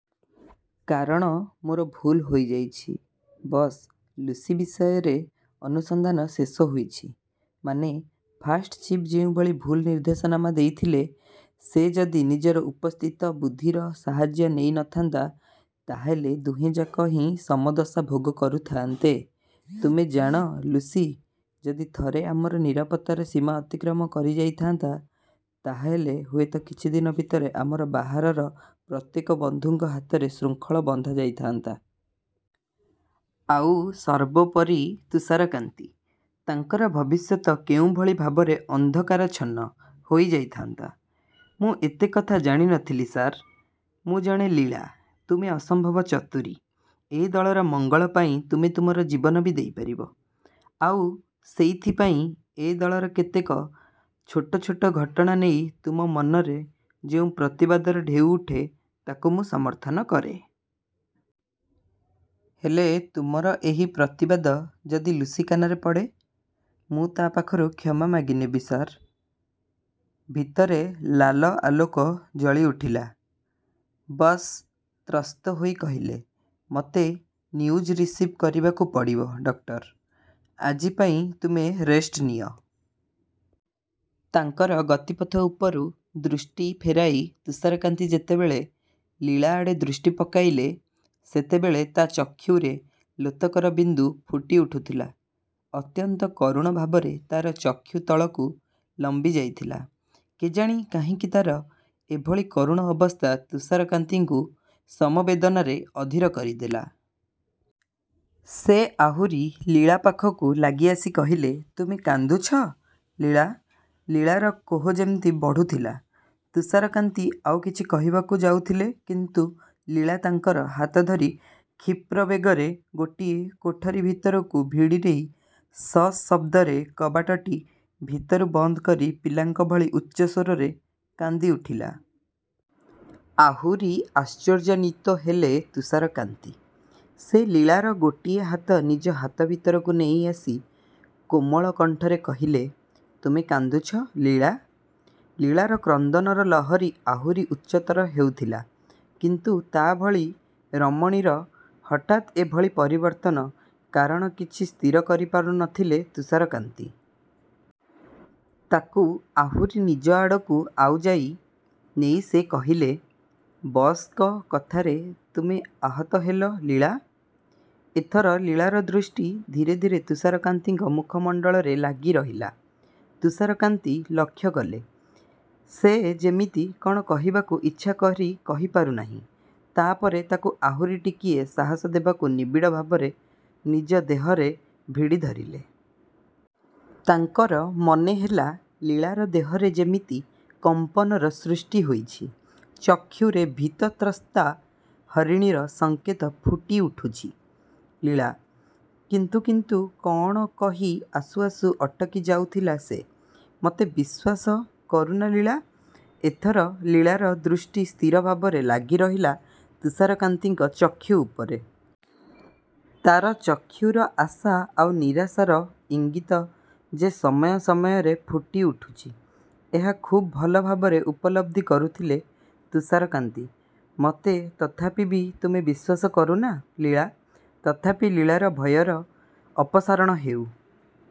କାରଣ ମୋର ଭୁଲ୍ ହୋଇଯାଇଛି, ବସ୍। ଲୁସି ବିଷୟରେ ଅନୁସନ୍ଧାନ ଶେଷ ହୋଇଛି। ମାନେ, ଫାଷ୍ଟ ଚିଫ୍ ଯେଉଁଭଳି ଭୁଲ୍ ନିର୍ଦ୍ଦେଶନାମା ଦେଇଥିଲେ, ସେ ଯଦି ନିଜର ଉପସ୍ଥିତ ବୁଦ୍ଧିର ସାହାଯ୍ୟ ନେଇ ନଥାନ୍ତା, ତା ହେଲେ ଦୁହେଁଯାକ ହିଁ ସମଦଶା ଭୋଗ କରୁଥାଆନ୍ତେ। ତୁମେ ଜାଣ, ଲୁସି ଯଦି ଥରେ ଆମର ନିରାପତ୍ତାର ସୀମା ଅତିକ୍ରମ କରିଯାଇଥାନ୍ତା, ତା ହେଲେ ହୁଏତ କିଛିଦିନ ଭିତରେ ଆମର ବାହାରର ପ୍ରତ୍ୟେକ ବନ୍ଧୁଙ୍କ ହାତରେ ଶୃଙ୍ଖଳ ବନ୍ଧାଯାଇଥାନ୍ତା। ଆଉ ସର୍ବୋପରି ତୁଷାରକାନ୍ତି, ତାଙ୍କର ଭବିଷ୍ୟତ କେଉଁଭଳି ଭାବରେ ଅନ୍ଧକାରାଚ୍ଛନ୍ନ ହୋଇଯାଇଥାନ୍ତା? ମୁଁ ଏତେ କଥା ଜାଣିନଥିଲି, ସାର୍। ମୁଁ ଜାଣେ ଲୀଳା, ତୁମେ ଅସମ୍ଭବ ଚତୁରୀ। ଏ ଦଳର ମଙ୍ଗଳ ପାଇଁ ତୁମେ ତୁମର ଜୀବନ ବି ଦେଇପାରିବ। ଆଉ ସେଇଥିପାଇଁ ଏ ଦଳର କେତେକ ଛୋଟ ଛୋଟ ଘଟଣା ନେଇ ତୁମ ମନରେ ଯେଉଁ ପ୍ରତିବାଦର ଢେଉ ଉଠେ, ତାକୁ ମୁଁ ସମର୍ଥନ କରେ। ହେଲେ ତୁମର ଏହି ପ୍ରତିବାଦ ଯଦି ଲୁସି କାନରେ ପଡ଼େ। ମୁଁ ତା ପାଖରୁ କ୍ଷମା ମାଗିନେବି, ସାର୍। ଭିତରେ ଲାଲ ଆଲୋକ ଜଳିଉଠିଲା। ବସ୍ ତ୍ରସ୍ତ ହୋଇ କହିଲେ, ମୋତେ ନ୍ୟୁଜ୍ ରିସିଭ୍ କରିବାକୁ ପଡ଼ିବ, ଡକ୍ଟର। ଆଜି ପାଇଁ ତୁମେ ରେଷ୍ଟ ନିଅ। ତାଙ୍କର ଗତିପଥ ଉପରୁ ଦୃଷ୍ଟି ଫେରାଇ ତୁଷାରକାନ୍ତି ଯେତେବେଳେ ଲୀଳା ଆଡ଼େ ଦୃଷ୍ଟି ପକାଇଲେ, ସେତେବେଳେ ତା ଚକ୍ଷୁରେ ଲୋତକର ବିନ୍ଦୁ ଫୁଟିଉଠୁଥିଲା। ଅତ୍ୟନ୍ତ କରୁଣ ଭାବରେ ତାର ଚକ୍ଷୁ ତଳକୁ ଲମ୍ବିଯାଇଥିଲା। କେଜାଣି କାହିଁକି ତାର ଏଭଳି କରୁଣ ଅବସ୍ଥା ତୁଷାରକାନ୍ତିଙ୍କୁ ସମବେଦନାରେ ଅଧୀର କରିଦେଲା। ସେ ଆହୁରି ଲୀଳା ପାଖକୁ ଲାଗି ଆସି କହିଲେ, ତୁମେ କାନ୍ଦୁଛ, ଲୀଳା। ଲୀଳାର କୋହ ଯେମିତି ବଢ଼ୁଥିଲା। ତୁଷାରକାନ୍ତି ଆଉ କିଛି କହିବାକୁ ଯାଉଥିଲେ କିନ୍ତୁ ଲୀଳା ତାଙ୍କର ହାତ ଧରି କ୍ଷୀପ୍ର ବେଗରେ ଗୋଟିଏ କୋଠରି ଭିତରକୁ ଭିଡ଼ିନେଇ ସଶବ୍ଦରେ କବାଟଟି ଭିତରୁ ବନ୍ଦ କରି ପିଲାଙ୍କ ଭଳି ଉଚ୍ଚସ୍ୱରରେ କାନ୍ଦିଉଠିଲା। ଆହୁରି ଆଶ୍ଚର୍ଯ୍ୟାନ୍ୱିତ ହେଲେ ତୁଷାରକାନ୍ତି। ସେ ଲୀଳାର ଗୋଟିଏ ହାତ ନିଜ ହାତ ଭିତରକୁ ନେଇ ଆସି କୋମଳ କଣ୍ଠରେ କହିଲେ, ତୁମେ କାନ୍ଦୁଛ, ଲୀଳା। ଲୀଳାର କ୍ରନ୍ଦନର ଲହରୀ ଆହୁରି ଉଚ୍ଚତର ହେଉଥିଲା କିନ୍ତୁ ତା ଭଳି ରମଣୀର ହଠାତ୍ ଏଭଳି ପରିବର୍ତ୍ତନ କାରଣ କିଛି ସ୍ଥିର କରିପାରୁନଥିଲେ ତୁଷାରକାନ୍ତି। ତାକୁ ଆହୁରି ନିଜ ଆଡ଼କୁ ଆଉଜାଇ ନେଇ ସେ କହିଲେ, ବସ୍‌ଙ୍କ କଥାରେ ତୁମେ ଆହତ ହେଲ ଲୀଳା! ଏଥର ଲୀଳାର ଦୃଷ୍ଟି ଧୀରେ ଧୀରେ ତୁଷାରକାନ୍ତିଙ୍କ ମୁଖମଣ୍ଡଳରେ ଲାଗିରହିଲା। ତୁଷାରକାନ୍ତି ଲକ୍ଷ୍ୟ କଲେ, ସେ ଯେମିତି କଣ କହିବାକୁ ଇଚ୍ଛା କରି କହିପାରୁନାହିଁ। ତା ପରେ ତାକୁ ଆହୁରି ଟିକିଏ ସାହସ ଦେବାକୁ ନିବିଡ଼ ଭାବରେ ନିଜ ଦେହରେ ଭିଡ଼ିଧରିଲେ। ତାଙ୍କର ମନେହେଲା, ଲୀଳାର ଦେହରେ ଯେମିତି କମ୍ପନର ସୃଷ୍ଟି ହୋଇଛି। ଚକ୍ଷୁରେ ଭୀତତ୍ରସ୍ତା ହରିଣୀର ସଂକେତ ଫୁଟିଉଠୁଛି। ଲୀଳା। କିନ୍ତୁ କିନ୍ତୁ କଣ କହି ଆସୁ ଆସୁ ଅଟକି ଯାଉଥିଲା ସେ। ମୋତେ ବିଶ୍ୱାସ କରୁନା ଲୀଳା। ଏଥର ଲୀଳାର ଦୃଷ୍ଟି ସ୍ଥିର ଭାବରେ ଲାଗିରହିଲା ତୁଷାରକାନ୍ତିଙ୍କ ଚକ୍ଷୁ ଉପରେ। ତାର ଚକ୍ଷୁର ଆଶା ଆଉ ନିରାଶାର ଇଙ୍ଗିତ ଯେ ସମୟ ସମୟରେ ଫୁଟିଉଠୁଛି, ଏହା ଖୁବ୍ ଭଲ ଭାବରେ ଉପଲବ୍ଧି କରୁଥିଲେ ତୁଷାରକାନ୍ତି। ମୋତେ ତଥାପି ବି ତୁମେ ବିଶ୍ୱାସ କରୁନା, ଲୀଳା। ତଥାପି ଲୀଳାର ଭୟର ଅପସାରଣ ହେଉ